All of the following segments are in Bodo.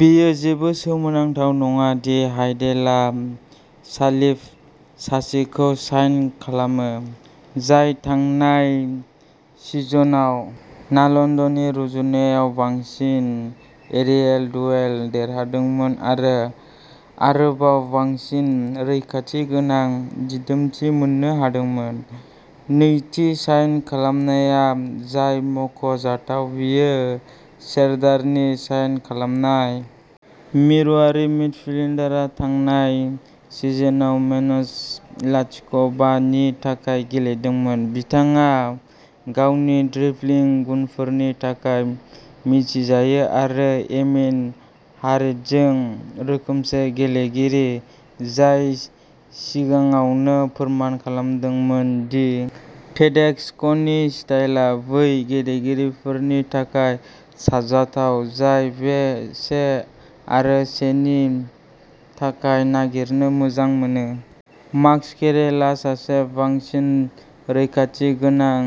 बेयो जेबो सोमोनांथाव नङा दि हाइडेलआ सालिफ सासेखौ साइन खालामो, जाय थांनाय सिजनआव नाल'नड'नि रुजुनायाव बांसिन एरियेल दुवेल देरहादोंमोन आरो आरोबाव बांसिन रैखाथि गोनां दिदोमथि मोननो हादोंमोन। नैथि साइन खालामनाया जाय मुंख' जाथाव, बेयो सेरदारनि साइन खालामनाय। मिरुआरि मिडफिल्डारआ थांनाय सिजनआव मेन्ज लाथिख' बा नि थाखाय गेलेदोंमोन। बिथाङा गावनि ड्रिब्लिं गुनफोरनि थाखाय मिथिजायो आरो एमिन हारिटजों रोखोमसे गेलेगिरि, जाय सिगाङावनो फोरमान खालामदोंमोन दि टेडेस्क'नि स्टाइलआ बै गेलेगिरिफोरनि थाखाय साबजाथाव जाय से आरो से नि थाखाय नागिरनो मोजां मोनो। मास्केरेलआ सासे बांसिन रैखाथि गोनां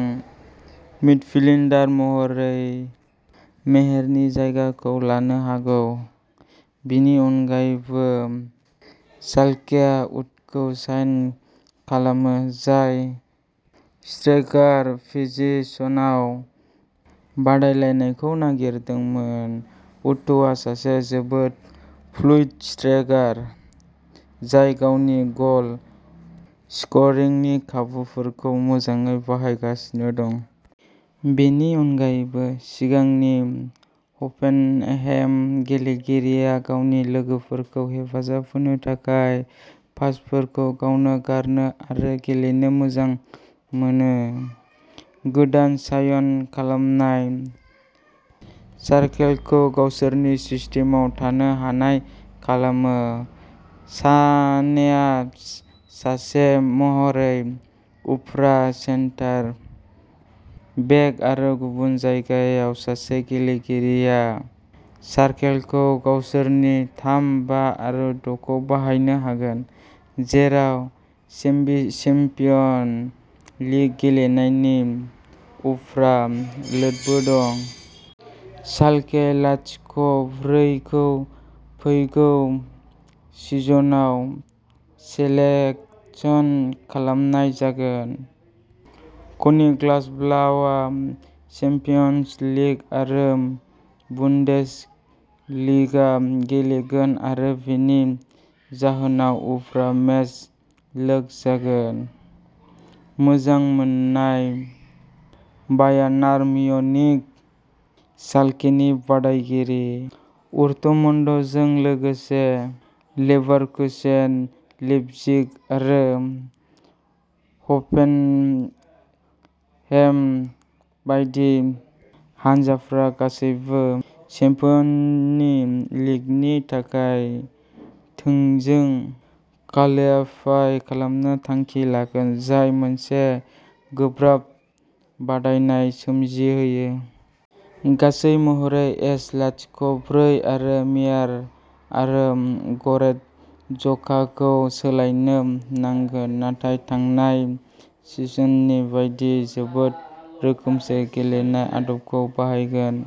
मिडफिल्डार महरै मेयेरनि जायगाखौ लानो हागौ। बेनि अनगायैबो, शाल्केआ उथखौ साइन खालामो जाय स्ट्राइकार पजिशनाव बादायलायनायखौ नारसिगोन। उथआ सासे जोबोद फ्लुइड स्ट्राइकार जाय गावनि गल स्क'रिंनि खाबुफोरखौ मोजाङै बाहायगासिनो दं। बेनि अनगायैबो, सिगांनि हफेनहेइम गेलेगिरिया गावनि लोगोफोरखौ हेफाजाब होनो थाखाय पासफोरखौ गावनो गारनो आरो गेलेनो मोजां मोनो। गोदान साइन खालामनाया शाल्केखौ गावसोरनि सिस्टेमआव थानो हानाय खालामो। सानेआ सासे महरै उफ्रा सेन्टार बेक आरो गुबुन जायगायाव सासे गेलेगिरिया शाल्केखौ गावसोरनि थाम बा आरो द'खौ बाहायनो हागोन, जेराव चेम्पियन्स लिग गेलेनायनि उफ्रा लोडबो दं। शाल्के लाथिख' ब्रै खौ फैगौ सिजनआव चेलेन्ज खालामनाय जागोन। कनिग्सब्लाउआ चेम्पियन्स लिग आरो बुन्देसलिगा गेलेगोन आरो बेनि जाहोनाव उफ्रा मेच लोड जागोन। मोजां मोनजानाय बायार्न म्युनिख, शाल्केनि बादायगिरि डर्टमुन्डजों लोगोसे लेभारकुसेन, लिपजिग आरो हफेनहेम बायदि हानजाफोरा गासैबो च्याम्पियन्स लिगनि थाखाय थोंजों क्वालिफाइ खालामनो थांखि लागोन, जाय मोनसे गोब्राब बादायनाय सोमजिहोयो। गासै महरै, एस लाथिख' ब्रै आ मेयेर आरो ग'रेटजकाखौ सोलायनो नांगोन नाथाय थांनाय सिजननि बायदि जोबोद रोखोमसे गेलेनाय आदबखौ बाहायगोन।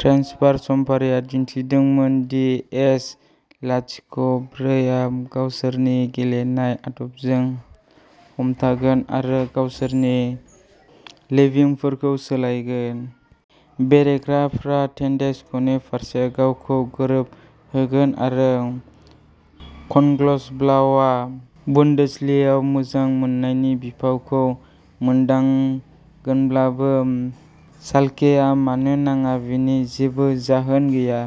ट्रेन्सफार समफारिआ दिन्थिदोंमोन दि एस लाथिख' ब्रै आ गावसोरनि गेलेनाय आदबजों हमथागोन आरो गावसोरनि लेभिंफोरखौ सोलायगोन। बेरेखाफोरा टेडेस्क'नि फारसे गावखौ गोरोबहोगोन आरो कनिग्सब्लाउआ बुन्देसलिगायाव मोजां मोनजानायनि बिफावखौ मोनदांगोनब्लाबो, शाल्केआ मानो नाङा बेनि जेबो जाहोन गैया।